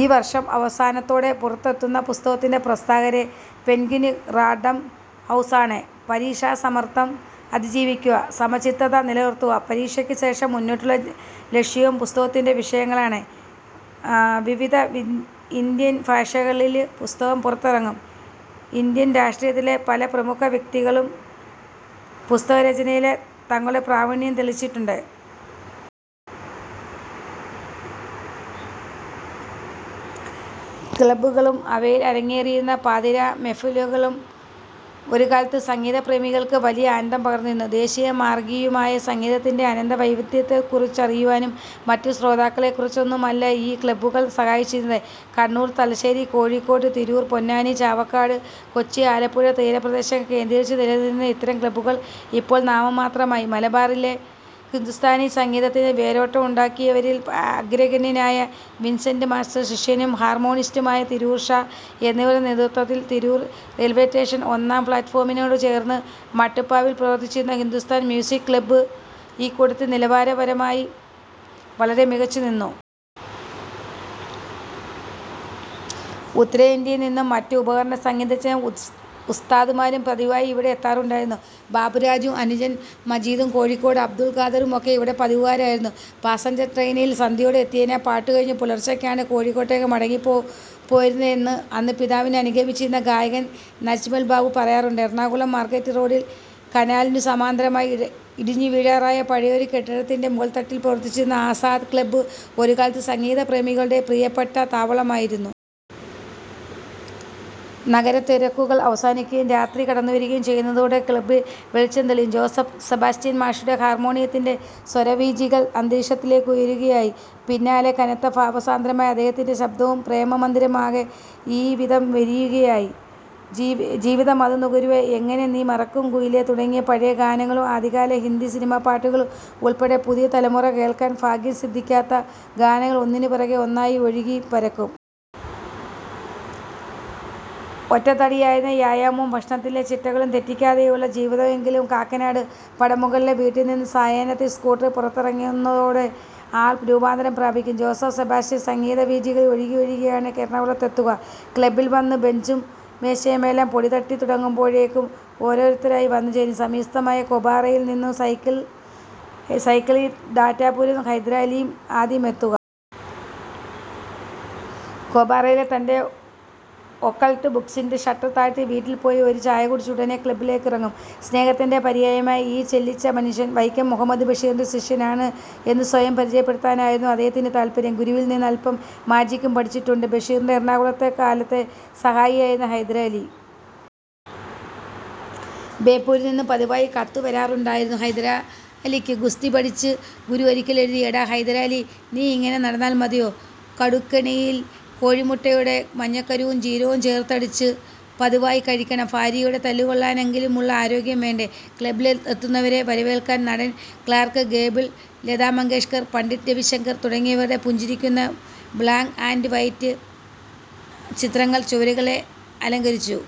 ഈ വര്ഷം അവസാനത്തോടെ പുറത്തെത്തുന്ന പുസ്തകത്തിന്റെ പ്രസാധകര് പെന്ഗ്വിന് റാന്ഡം ഹൗസാണ്. പരീക്ഷാ സമ്മര്ദം അതിജീവിക്കുക, സമചിത്തത നില നിര്ത്തുക, പരീക്ഷയ്ക്കു ശേഷം മുന്നോട്ടുള്ള ലക്ഷ്യവും പുസ്തകത്തിന്റെ വിഷയങ്ങളാണ്. വിവിധ ഇന്ത്യന് ഭാഷകളില് പുസ്തകം പുറത്തിറങ്ങും. ഇന്ത്യന് രാഷ്ട്രീയത്തിലെ പല പ്രമുഖ വ്യക്തിത്വങ്ങളും പുസ്തകരചനയില് തങ്ങളുടെ പ്രാവീണ്യം തെളിയിച്ചിട്ടുണ്ട്. ക്ളബ്ബുകളും അവയിൽ അരങ്ങേറിയിരുന്ന പാതിരാ മെഹ്ഫിലുകളും ഒരുകാലത്ത് സംഗീതപ്രേമികൾക്ക് വലിയ ആനന്ദം പകർന്നിരുന്നു. ദേശിയും മാർഗിയുമായ സംഗീതത്തിന്റെ അനന്തവൈവിധ്യത്തെക്കുറിച്ചറിയാനുംമറ്റും ശ്രോതാക്കളെ കുറച്ചൊന്നുമല്ല ഈ ക്ളബ്ബുകൾ സഹായിച്ചിരുന്നത്. കണ്ണൂർ, തലശ്ശേരി, കോഴിക്കോട്, തിരൂർ, പൊന്നാനി, ചാവക്കാട്, കൊച്ചി, ആലപ്പുഴ തീരപ്രദേശങ്ങൾ കേന്ദ്രീകരിച്ച് നിലനിന്നിരുന്ന ഇത്തരം ക്ളബ്ബുകൾ ഇപ്പോൾ നാമമാത്രമായി. മലബാറിൽ ഹിന്ദുസ്ഥാനി സംഗീതത്തിന് വേരോട്ടമുണ്ടാക്കിയവരിൽ അഗ്രഗണ്യനായ വിൻസെന്റ് മാസ്റ്റർ, ശിഷ്യനും ഹാർമോണിസ്റ്റുമായ തിരൂർ ഷാ എന്നിവരുടെ നേതൃത്വത്തിൽ തിരൂർ റെയിൽവേസ്റ്റേഷൻ ഒന്നാം പ്ളാറ്റ്ഫോമിനോടുചേർന്ന് മട്ടുപ്പാവിൽ പ്രവർത്തിച്ചിരുന്ന ഹിന്ദുസ്ഥാൻ മ്യൂസിക് ക്ളബ്ബ് ഇക്കൂട്ടത്തിൽ നിലവാരപരമായി വളരെ മികച്ചുനിന്നു. ഉത്തരേന്ത്യയിൽനിന്നുംമറ്റും ഉപകരണസംഗീതജ്ഞരും ഉസ്താദുമാരും പതിവായി ഇവിടെ എത്താറുണ്ടായിരുന്നു. ബാബുരാജും അനുജൻ മജീദും കോഴിക്കോട് അബ്ദുൽഖാദറുമൊക്കെ ഇവിടെ പതിവുകാരായിരുന്നു. പാസഞ്ചർ ട്രെയിനിൽ സന്ധ്യയോടെ എത്തിയാൽ പാട്ടുകഴിഞ്ഞ് പുലർച്ചയ്ക്കാണ് കോഴിക്കോട്ടേക്ക് മടങ്ങിപ്പോയിരുന്നതെന്ന് അന്ന് പിതാവിനെ അനുഗമിച്ചിരുന്ന ഗായകൻ നജ്മൽ ബാബു പറയാറുണ്ട്. എറണാകുളം മാർക്കറ്റ് റോഡിൽ കനാലിനുസമാന്തരമായി ഇടിഞ്ഞുവീഴാറായ പഴയൊരു കെട്ടിടത്തിന്റെ മുകൾത്തട്ടിൽ പ്രവർത്തിച്ചിരുന്ന ആസാദ് ക്ളബ്ബ് ഒരു കാലത്ത് സംഗീതപ്രേമികളുടെ പ്രിയപ്പെട്ട താവളമായിരുന്നു. നഗരത്തിരക്കുകൾ അവസാനിക്കുകയും രാത്രി കടന്നുവരികയും ചെയ്യുന്നതോടെ ക്ളബ്ബിൽ വെളിച്ചം തെളിയും. ജോസഫ് സെബാസ്റ്റ്യൻ മാഷുടെ ഹാർമോണിയത്തിന്റെ സ്വരവീചികൾ അന്തരീക്ഷത്തിലേക്കുയരുകയായി.… പിന്നാലെ കനത്ത, ഭാവസാന്ദ്രമായ അദ്ദേഹത്തിന്റെ ശബ്ദവും. പ്രേമമന്ദിരമാകെ ഈവിധമെരിയുകയായ്, ജീവിതമധു നുകരാൻ, എങ്ങനെ നീ മറക്കും കുയിലേ തുടങ്ങിയ പഴയഗാനങ്ങളും ആദ്യകാല ഹിന്ദി സിനിമാപ്പാട്ടുകളുമുൾപ്പടെ പുതിയ തലമുറയ്ക്ക് കേൾക്കാൻ ഭാഗ്യംസിദ്ധിക്കാത്ത ഗാനങ്ങൾ ഒന്നിനുപിറകേ ഒന്നായി ഒഴുകിപ്പരക്കും. ഒറ്റത്തടിയായിരുന്നു. വ്യായാമവും ഭക്ഷണത്തിലെ ചിട്ടകളും തെറ്റിക്കാതെയുള്ള ജീവിതം. എങ്കിലും കാക്കനാട് പടമുകളിലെ വീട്ടിൽനിന്ന് സായാഹ്നത്തിൽ സ്കൂട്ടറിൽ പുറത്തിറങ്ങുന്നതോടെ ആൾ രൂപാന്തരം പ്രാപിക്കും. Joseph Sebastian സംഗീതവീചികളിൽ ഒഴുകിയൊഴുകിയാണ് എറണാകുളത്തെത്തുക. ക്ളബ്ബിൽ വന്ന് ബെഞ്ചും മേശയുമെല്ലാം പൊടിതട്ടിത്തുടങ്ങുമ്പോഴേക്കും ഓരോരുത്തരായി വന്നുചേരും. സമീപസ്ഥമായ കോമ്പാറയിൽനിന്ന് സൈക്കിളിൽ ടാറ്റാപുരം ഹൈദരലിയാവും ആദ്യമെത്തുക. കോമ്പാറയിലെ തന്റെ ഒക്കൾട്ട് ബുക്സിന്റെ ഷട്ടർ താഴ്ത്തി വീട്ടിൽ പോയി ഒരു ചായകുടിച്ച് ഉടനെ ക്ളബ്ബിലേക്കിറങ്ങും സ്നേഹത്തിന്റെ പര്യായമായ ഈ ചെല്ലിച്ച മനുഷ്യൻ. വൈക്കം മുഹമ്മദ് ബഷീറിന്റെ ശിഷ്യൻ എന്ന് സ്വയം പരിചയപ്പെടുത്താനായിരുന്നു അദ്ദേഹത്തിന് താത്പര്യം. ഗുരുവിൽനിന്ന് അൽപം മാജിക്കും പഠിച്ചിട്ടുണ്ട്. ബഷീറിന്റെ എറണാകുളംകാലത്തെ സഹായിയായിരുന്നു ഹൈദരാലി. ബേപ്പൂരിൽനിന്ന് പതിവായി കത്തുവരാറുണ്ടായിരുന്നു ഹൈദരാലിക്ക്. ഗുസ്തിപഠിച്ച ഗുരു ഒരിക്കൽ എഴുതി'എടാ ഹൈദരാലി, നീ ഇങ്ങനെ നടന്നാൽ മതിയോ. കടുകെണ്ണയിൽ കോഴിമുട്ടയുടെ മഞ്ഞക്കരുവും ജീരകവും ചേർത്തടിച്ച് പതിവായി കഴിക്കണം. ഭാര്യയുടെ തല്ലുകൊള്ളാനെങ്കിലുമുള്ള ആരോഗ്യം വേണ്ടേ. 'ക്ളബ്ബിലെത്തുന്നവരെ വരവേൽക്കാൻ നടൻ ക്ളാർക് ഗേബിൾ, ലതാ മങ്കേഷ്കർ, പണ്ഡിറ്റ് രവിശങ്കർ തുടങ്ങിയവരുടെ പുഞ്ചിരിക്കുന്ന ബ്ളാക്ക് ആൻഡ് വൈറ്റ് ചിത്രങ്ങൾ ചുവരുകളെ അലങ്കരിച്ചു.